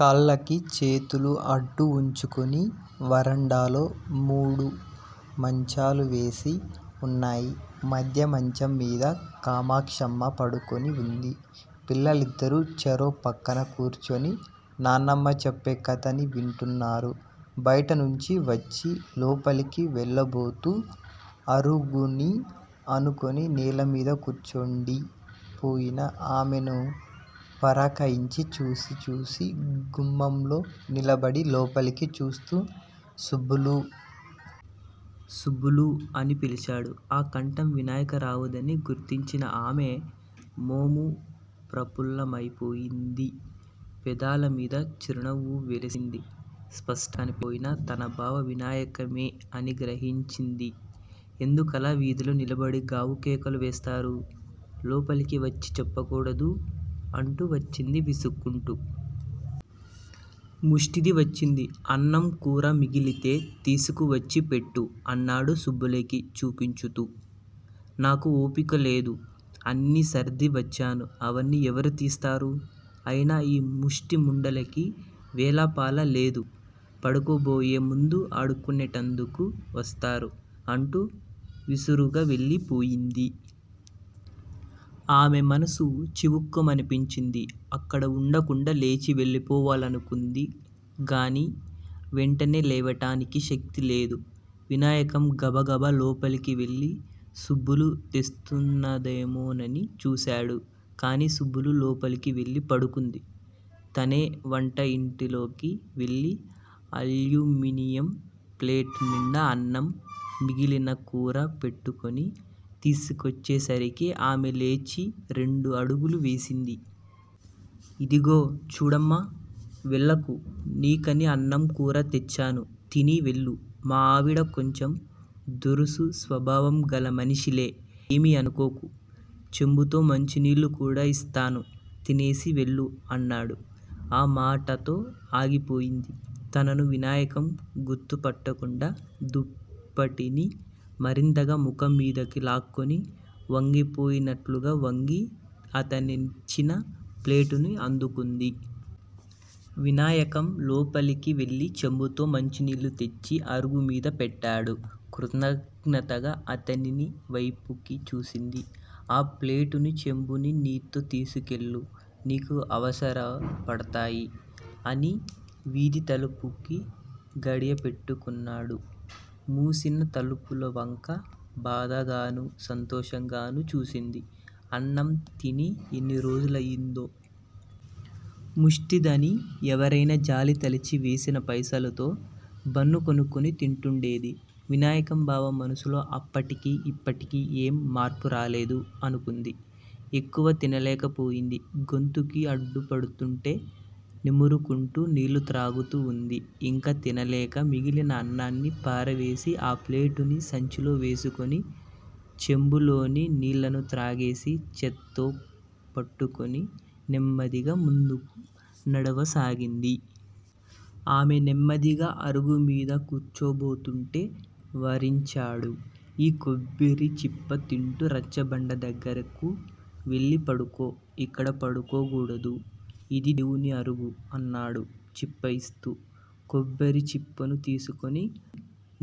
కళ్ళకి చేతులు అడ్డు వుంచుకుని! వరండాలో మూడు మంచాలు వేసి వున్నాయి మధ్య మంచం మీద కామాక్షమ్మ పడుకుని వుంది. పిల్లలిద్దరూ చెరో పక్కనా కూర్చుని నానమ్మ చెప్పే కథని వింటున్నారు బైట నుంచి వచ్చి లోపలికి వెళ్ళబోతూ అరుగుని ఆనుకుని నేలమీద కూర్చుండి పోయిన ఆమెను పరకాయించి చూసి చూసి గుమ్మంలో నిలబడి లోపలికి చూస్తూ- సుబ్బులూ! సుబ్బులూ! అని పిలిచాడు. ఆ కంఠం వినాయకరావుదని గుర్తించిన ఆమె మోము ప్రపుల్లమయిపోయింది. పెదాల మీద చిరునవ్వు వెలిసింది. స్పష్టంగా కనిపించక పోయినా తన బావ వినాయకమే అని గ్రహించింది. ఎందుకలా వీధిలో నిలబడి గావుకేకలు వేస్తారు? లోపలికి వచ్చి చెప్పకూడదూ? అంటూ వచ్చింది విసుక్కుంటూ! ముస్టిది వచ్చింది. అన్నం కూరా మిగిలితే తీసుకువచ్చి పెట్టు! అన్నాడు సుబ్బులుకి చూపించుతూ. నాకు ఓపిక లేదు! అన్నీ సర్ది వచ్చాను. అవన్నీ ఎవరు తీస్తారు? అయినా ఈ ముష్టి ముండలకి వేళాపాళా లేదు! పడుకోబోయే ముందు అడుక్కునేటందుకు వస్తారు అంటూ విసురుగా వెళ్ళి పోయింది. ఆమె మనసు చివుక్కుమనిపించింది. అక్కడ వుండకుండా లేచి వెళ్లిపోవాలనుకుంది గాని వెంటనే లేవటానికి శక్తి లేదు! వినాయకం గబగబా లోపలికి వెళ్ళి సుబ్బులు తెస్తున్నదేమోనని చూశాడు. కాని సుబ్బులు లోపలికి వెళ్ళి పడుకుంది. తనే వంట ఇంటిలోకి వెళ్ళి అల్యూమినియం ప్లేటు నిండా అన్నం, మిగిలిన కూరా పెట్టుకుని తీసుకొచ్చేసరికి ఆమె లేచి రెండు అడుగులు వేసింది. ఇదిగో! చూడమ్మా! వెళ్ళకు! నీకని అన్నం కూరా తెచ్చాను తిని వెళ్ళు! మా ఆవిడ కొంచెం దురుసు స్వభావం గల మనిషిలే! ఏమీ అనుకోకు! చెంబుతో మంచినీళ్ళు కూడా యిస్తాను. తినేసి వెళ్ళు! అన్నాడు. ఆ మాటతో ఆగిపోయింది. తనను వినాయకం గుర్తు పట్టకుండా దుప్పటిని మరింతగా ముఖం మీదకి లాక్కుని వంగిపోయినట్లుగా వంగి అతనిచ్చిన ప్లేటుని అందుకుంది. వినాయకం లోపలికి వెళ్ళి చెంబుతో మంచినీళ్ళు తెచ్చి అరుగుమీద పెట్టాడు. కృతజ్ఞతగా అతని వైపుకి చూసింది ఆ ప్లేటుని చెంబుని నీతో తీసుకెళ్ళు! నీకు అవసర పడతాయి! అని వీధి తలుపుకి గడియ పెట్టుకున్నాడు. మూసినా తలుపుల వంక బాధగానూ, సంతోషంగానూ చూసింది. అన్నంతిని ఎన్నిరోజులయిందో? ముష్టిదాని ఎవరయినా జాలి తలిచి వేసిన పైసలుతో బన్నుకొనుక్కుని తింటుండేది! వినాయకంబావ మనసులో అప్పటికీ ఇప్పటికీ ఏం మార్పురాలేదు! అనుకుంది. ఎక్కువ తినలేకపోయింది. గొంతుక్కి అడ్డుపడుతుంటే నిమురుకుంటూ నీళ్ళుత్రాగుతూవుంది. యింక తినలేక మిగిలిన అన్నాన్ని పారవేసి ఆ ప్లేటుని సంచిలోవేసుకుని చెంబులోని నీళ్ళనుత్రాగేసి చేత్తో పట్టుకుని నెమ్మదిగా ముందు నడవసాగింది. ఆమె నెమ్మదిగా అరుగుమీద కూర్చోబోతుంటే వారించాడు. ఈ కొబ్బరిచిప్ప తింటూ రచ్చబండ దగ్గిరకు వెళ్ళి పడుకో! యిక్కడ పడుకోకూడదు. యిది దేవుని అరుగు! అన్నాడు చిప్పయిస్తూ! కొబ్బరిచిప్పను తీసుకుని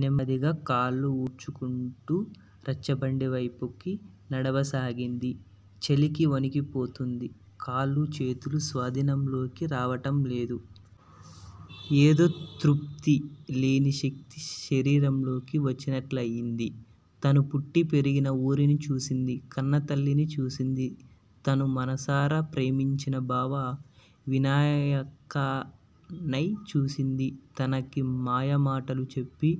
నెమ్మదిగా కాళ్ళు ఈడ్చుకుంటూ రచ్చబండవైపుకి నడవసాగింది. చలికి వణికిపోతోంది! కాళ్ళూ, చేతులూ స్వాధీనంలోకి రావటంలేదు! ఏదో తృప్తి! లేనిశక్తి శరీరంలోకి వచ్చినట్లయింది! తను పుట్టిపెరిగిన ఊరుని చూసింది. కన్నతల్లినిచూసింది. తను మనసారా ప్రేమించినబావ వినాయకనై చూసింది. తనకి మాయమాటలు చెప్పి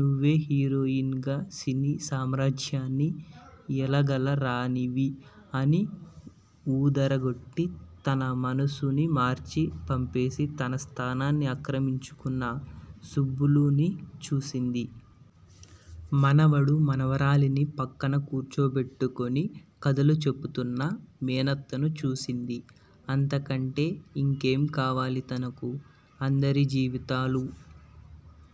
నువ్వే హీరోయిన్ గా సినీ సామ్రాజ్యాన్ని ఏలగల రాణివి! అని ఊదరగొట్టి తన మనసునిమార్చి పంపేసి తన స్థానాన్ని ఆక్రమించుకున సుబ్బులుని చూసింది. మనవడు, మనవరాలిని పక్కన కూర్చోబెట్టుకుని కథలుచెపుతున్న మేనత్తను చూసింది. అంతకంటే యింకేంకావాలి తనకు? అందరి జీవితాలూ